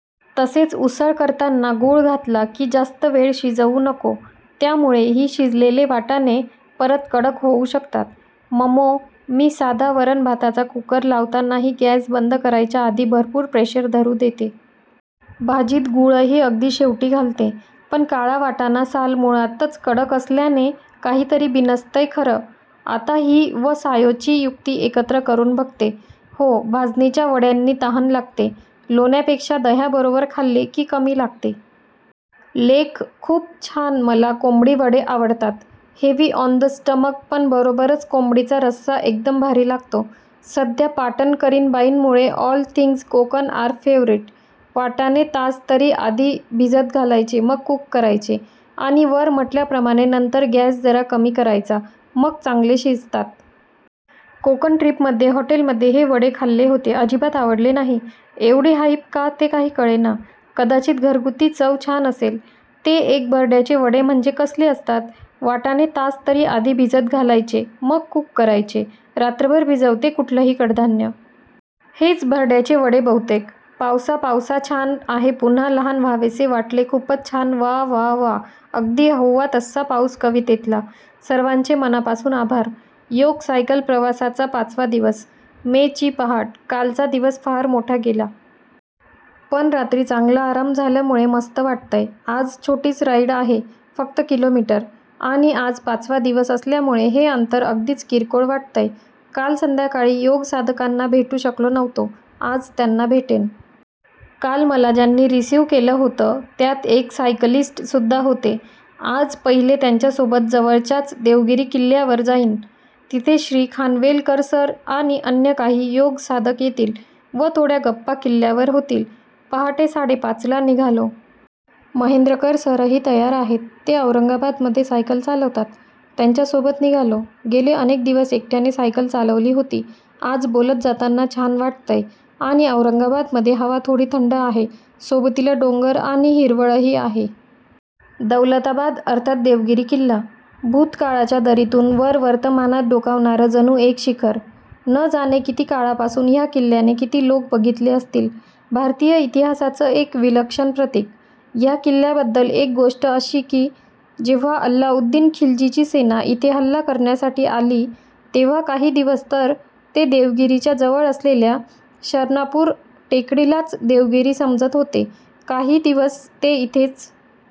तसेच उसळ करताना गूळ घातला की जास्त वेळ शिजवू नको. त्यामुळे ही शिजलेले वाटाणे परत कडक होऊ शकतात. ममो, मी साधा वरण भाताचा कूकर लावतानाही गॅस बंद करायच्या आधी भरपूर प्रेशर धरू देते. भाजीत गूळही अगदी शेवटी घालते. पण काळा वाटाणा साल मुळातच कडक असल्याने काहितरी बिनसतंय खरं. आता ही व सायोची युक्ती एकत्र करून बघते. हो भाजणीच्या वड्यांनी तहान लागते. लोण्यापेक्षा दह्याबरोबर खाल्ले की कमी लागते. लेख खूप छान️मला कोम्ब्डी वडे आव डतात. हेवी ऑन द स्टमक पण बरोबरच कोंबडीचा रस्सा एकदम भारी लागतो. सध्या पाटण करीण बाईं मुळे all things Konkan are favourite. वाटाणे तास तरी आधी भिजत घालायचे मग कूक करायचे, आणि वर म्हटल्याप्रमाणे नंतर गॅस जरा कमी करायचा, मग चांगले शिजतात. कोकण ट्रिप मध्ये हॉटेलमध्ये हे वडे खाल्ले होते, अजिबात आवडले नाही. एवढी हाईप का ते काही कळेना! कदाचित घरगुती चव छान असेल. ते एक भरड्याचे वडे म्हणजे कसले असतात? वाटाणे तास तरी आधी भिजत घालायचे मग कूक करायचे रात्रभर भिजवते कुठलंही कडधान्य. हेच भरड्याचे वडे बहुतेक. पावसा पावसाछान आहेपुन्हा लहान व्हावेसे वाटलेखुपच छानवा वा वा अगदी हव्वा तस्सा पाऊस कवितेतला. सर्वांचे मनापासून आभार. योग- सायकल प्रवासाचा पाचवा दिवस, मे ची पहाट. कालचा दिवस फार मोठा गेला. पण रात्री चांगला आराम झाल्यामुळे मस्त वाटतंय. आज छोटीच राईड आहे- फक्त किलोमीटर. आणि आज पाचवा दिवस असल्यामुळे हे अंतर अगदीच किरकोळ वाटतंय. काल संध्याकाळी योग साधकांना भेटू शकलो नव्हतो. आज त्यांना भेटेन. काल मला ज्यांनी रिसीव्ह केलं होतं त्यात एक सायकलिस्टसुद्धा होते. आज पहिले त्यांच्यासोबत जवळच्याच देवगिरी किल्ल्यावर जाईन. तिथे श्री. खानवेलकर सर आणि अन्य काही योग साधक येतील व थोड्या गप्पा किल्ल्यावर होतील. पहाटे साडेपाचला निघालो. महेंद्रकर सरही तयार आहेत. ते औरंगाबादमध्ये सायकल चालवतात. त्यांच्यासोबत निघालो. गेले अनेक दिवस एकट्याने सायकल चालवली होती. आज बोलत जाताना छान वाटतंय. आणि औरंगाबादमध्ये हवा थोडी थंड आहे, सोबतीला डोंगर आणि हिरवळही आहे. दौलताबाद अर्थात् देवगिरी किल्ला! भूतकाळाच्या दरीतून वर वर्तमानात डोकावणारं जणू एक शिखर! न जाणे किती काळापासून ह्या किल्ल्याने किती लोक बघितले असतील! भारतीय इतिहासाचं एक विलक्षण प्रतिक! ह्या किल्ल्याबद्दल एक गोष्ट अशी की, जेव्हा अल्लाउद्दीन खिलजीची सेना इथे हल्ला करण्यासाठी आली, तेव्हा काही दिवस तर ते देवगिरीच्या जवळ असलेल्या शरणापूर टेकडीलाच देवगिरी समजत होते! काही दिवस ते इथेच